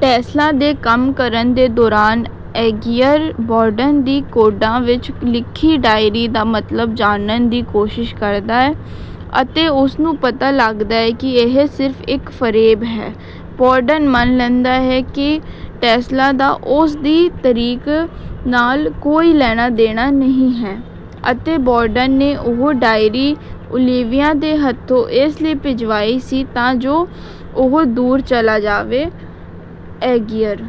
Tesla ਦੇ ਕੰਮ ਕਰਨ ਦੇ ਦੌਰਾਨ ਐਂਗੀਅਰ, ਬੌਰਡਨ ਦੀ ਕੋਡਾਂ ਵਿੱਚ ਲਿਖੀ ਡਾਇਰੀ ਦਾ ਮਤਲਬ ਜਾਣਨ ਦੀ ਕੋਸ਼ਿਸ਼ ਕਰਦਾ ਹੈ ਅਤੇ ਉਸ ਨੂੰ ਪਤਾ ਲੱਗਦਾ ਹੈ ਕਿ ਇਹ ਸਿਰਫ਼ ਇੱਕ ਫ਼ਰੇਬ ਹੈ। ਬੌਰਡਨ ਮੰਨ ਲੈਂਦਾ ਹੈ ਕਿ ਟੈਸਲਾ ਦਾ ਉਸ ਦੀ ਟਰਿੱਕ ਨਾਲ ਕੋਈ ਲੈਣਾ-ਦੇਣਾ ਨਹੀਂ ਹੈ ਅਤੇ ਬੌਰਡਨ ਨੇ ਉਹ ਡਾਇਰੀ ਓਲੀਵੀਆ ਦੇ ਹੱਥੋਂ ਇਸ ਲਈ ਭਿਜਵਾਈ ਸੀ ਤਾਂ ਜੋ ਉਹ ਦੂਰ ਚਲਾ ਜਾਵੇ। ਐਂਗੀਅਰ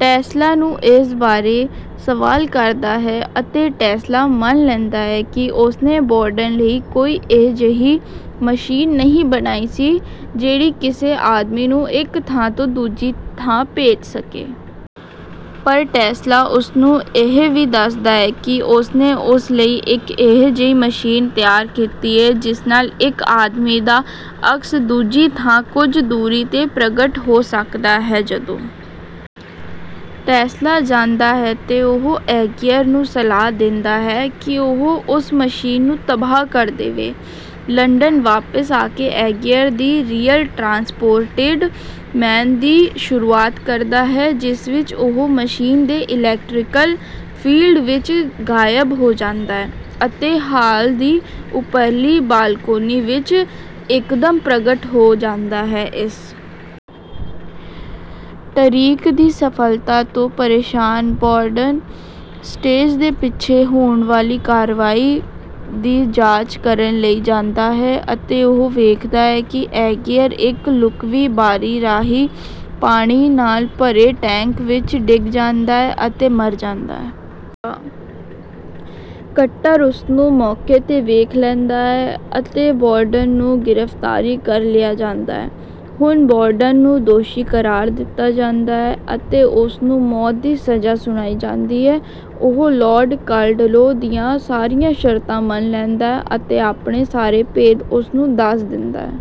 ਟੈਸਲਾ ਨੂੰ ਇਸ ਬਾਰੇ ਸਵਾਲ ਕਰਦਾ ਹੈ ਅਤੇ ਟੈਸਲਾ ਮੰਨ ਲੈਂਦਾ ਹੈ ਕਿ ਉਸ ਨੇ ਬੌਰਡਨ ਲਈ ਕੋਈ ਅਜਿਹੀ ਮਸ਼ੀਨ ਨਹੀਂ ਬਣਾਈ ਸੀ, ਜਿਹੜੀ ਕਿਸੇ ਆਦਮੀ ਨੂੰ ਇੱਕ ਥਾਂ ਤੋਂ ਦੂਜੀ ਥਾਂ ਭੇਜ ਸਕੇ। ਪਰ ਟੈਸਲਾ ਉਸ ਨੂੰ ਇਹ ਵੀ ਦੱਸਦਾ ਹੈ ਕਿ ਉਸ ਨੇ ਉਸ ਲਈ ਇੱਕ ਅਜਿਹੀ ਮਸ਼ੀਨ ਤਿਆਰ ਕੀਤੀ ਹੈ, ਜਿਸ ਨਾਲ ਇੱਕ ਆਦਮੀ ਦਾ ਅਕਸ ਦੂਜੀ ਥਾਂ ਕੁਝ ਦੂਰੀ ’ਤੇ ਪ੍ਰਗਟ ਹੋ ਸਕਦਾ ਹੈ। ਜਦੋਂ ਟੈਸਲਾ ਜਾਂਦਾ ਹੈ ਤਾਂ ਉਹ ਐਂਗੀਅਰ ਨੂੰ ਸਲਾਹ ਦਿੰਦਾ ਹੈ ਕਿ ਉਹ ਉਸ ਮਸ਼ੀਨ ਨੂੰ ਤਬਾਹ ਕਰ ਦੇਵੇ। ਲੰਡਨ ਵਾਪਸ ਆ ਕੇ ਐਂਗੀਅਰ ‘ਦਿ ਰੀਅਲ ਟਰਾਂਸਪੋਰਟਿਡ ਮੈਨ’ ਦੀ ਸ਼ੁਰੂਆਤ ਕਰਦਾ ਹੈ, ਜਿਸ ਵਿੱਚ ਉਹ ਮਸ਼ੀਨ ਦੇ ਇਲੈਕਟ੍ਰਿਕਲ ਫ਼ੀਲਡ ਵਿੱਚ ਗਾਇਬ ਹੋ ਜਾਂਦਾ ਹੈ ਅਤੇ ਹਾਲ ਦੀ ਉੱਪਰਲੀ ਬਾਲਕੋਨੀ ਵਿੱਚ ਇੱਕਦਮ ਪ੍ਰਗਟ ਹੋ ਜਾਂਦਾ ਹੈ। ਇਸ ਟਰਿੱਕ ਦੀ ਸਫ਼ਲਤਾ ਤੋਂ ਪਰੇਸ਼ਾਨ ਬੌਰਡਨ ਸਟੇਜ ਦੇ ਪਿੱਛੇ ਹੋਣ ਵਾਲੀ ਕਾਰਵਾਈ ਦੀ ਜਾਂਚ ਕਰਨ ਲਈ ਜਾਂਦਾ ਹੈ ਅਤੇ ਉਹ ਵੇਖਦਾ ਹੈ ਕਿ ਐਂਗੀਅਰ ਇੱਕ ਲੁਕਵੀਂ ਬਾਰੀ ਰਾਹੀਂ ਪਾਣੀ ਨਾਲ ਭਰੇ ਟੈਂਕ ਵਿੱਚ ਡਿੱਗ ਜਾਂਦਾ ਹੈ ਅਤੇ ਮਰ ਜਾਂਦਾ ਹੈ। ਕਟਰ ਉਸ ਨੂੰ ਮੌਕੇ ’ਤੇ ਵੇਖ ਲੈਂਦਾ ਹੈ ਅਤੇ ਬੌਰਡਨ ਨੂੰ ਗ੍ਰਿਫ਼ਤਾਰ ਕਰ ਲਿਆ ਜਾਂਦਾ ਹੈ। ਹੁਣ ਬੌਰਡਨ ਨੂੰ ਦੋਸ਼ੀ ਕਰਾਰ ਦਿੱਤਾ ਜਾਂਦਾ ਹੈ ਅਤੇ ਉਸ ਨੂੰ ਮੌਤ ਦੀ ਸਜ਼ਾ ਸੁਣਾਈ ਜਾਂਦੀ ਹੈ। ਉਹ ਲਾਰਡ ਕਾਲਡਲੋ ਦੀਆਂ ਸਾਰੀਆਂ ਸ਼ਰਤਾਂ ਮੰਨ ਲੈਂਦਾ ਹੈ ਅਤੇ ਆਪਣੇ ਸਾਰੇ ਭੇਦ ਉਸ ਨੂੰ ਦੱਸ ਦਿੰਦਾ ਹੈ।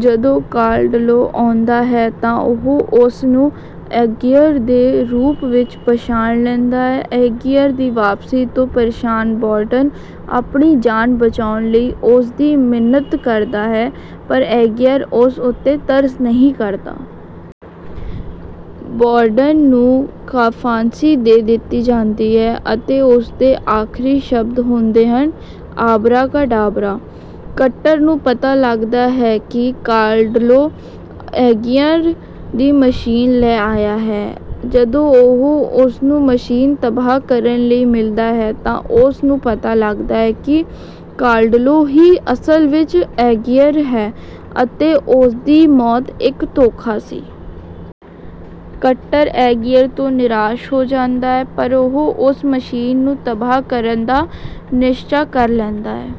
ਜਦੋਂ ਕਾਲਡਲੋ ਆਉਂਦਾ ਹੈ ਤਾਂ ਉਹ ਉਸ ਨੂੰ ਐਂਗੀਅਰ ਦੇ ਰੂਪ ਵਿੱਚ ਪਛਾਣ ਲੈਂਦਾ ਹੈ। ਐਂਗੀਅਰ ਦੀ ਵਾਪਸੀ ਤੋਂ ਪਰੇਸ਼ਾਨ ਬੌਰਡਨ ਆਪਣੀ ਜਾਨ ਬਚਾਉਣ ਲਈ ਉਸ ਦੀ ਮਿੰਨਤ ਕਰਦਾ ਹੈ, ਪਰ ਐਂਗੀਅਰ ਉਸ ਉੱਤੇ ਤਰਸ ਨਹੀਂ ਕਰਦਾ। ਬੌਰਡਨ ਨੂੰ ਫ਼ਾਂਸੀ ਦੇ ਦਿੱਤੀ ਜਾਂਦੀ ਹੈ ਅਤੇ ਉਸ ਦੇ ਆਖ਼ਰੀ ਸ਼ਬਦ ਹੁੰਦੇ ਹਨ: “ਆਬਰਾ ਕਾ ਡਾਬਰਾ।”ਕਟਰ ਨੂੰ ਪਤਾ ਲੱਗਦਾ ਹੈ ਕਿ ਕਾਲਡਲੋ ਐਂਗੀਅਰ ਦੀ ਮਸ਼ੀਨ ਲੈ ਆਇਆ ਹੈ। ਜਦੋਂ ਉਹ ਉਸ ਨੂੰ ਮਸ਼ੀਨ ਤਬਾਹ ਕਰਨ ਲਈ ਮਿਲਦਾ ਹੈ ਤਾਂ ਉਸ ਨੂੰ ਪਤਾ ਲੱਗਦਾ ਹੈ ਕਿ ਕਾਲਡਲੋ ਹੀ ਅਸਲ ਵਿੱਚ ਐਂਗੀਅਰ ਹੈ ਅਤੇ ਉਸ ਦੀ ਮੌਤ ਇੱਕ ਧੋਖਾ ਸੀ। ਕਟਰ ਐਂਗੀਅਰ ਤੋਂ ਨਿਰਾਸ਼ ਹੋ ਜਾਂਦਾ ਹੈ, ਪਰ ਉਹ ਉਸ ਮਸ਼ੀਨ ਨੂੰ ਤਬਾਹ ਕਰਨ ਦਾ ਨਿਸ਼ਚਾ ਕਰ ਲੈਂਦਾ ਹੈ।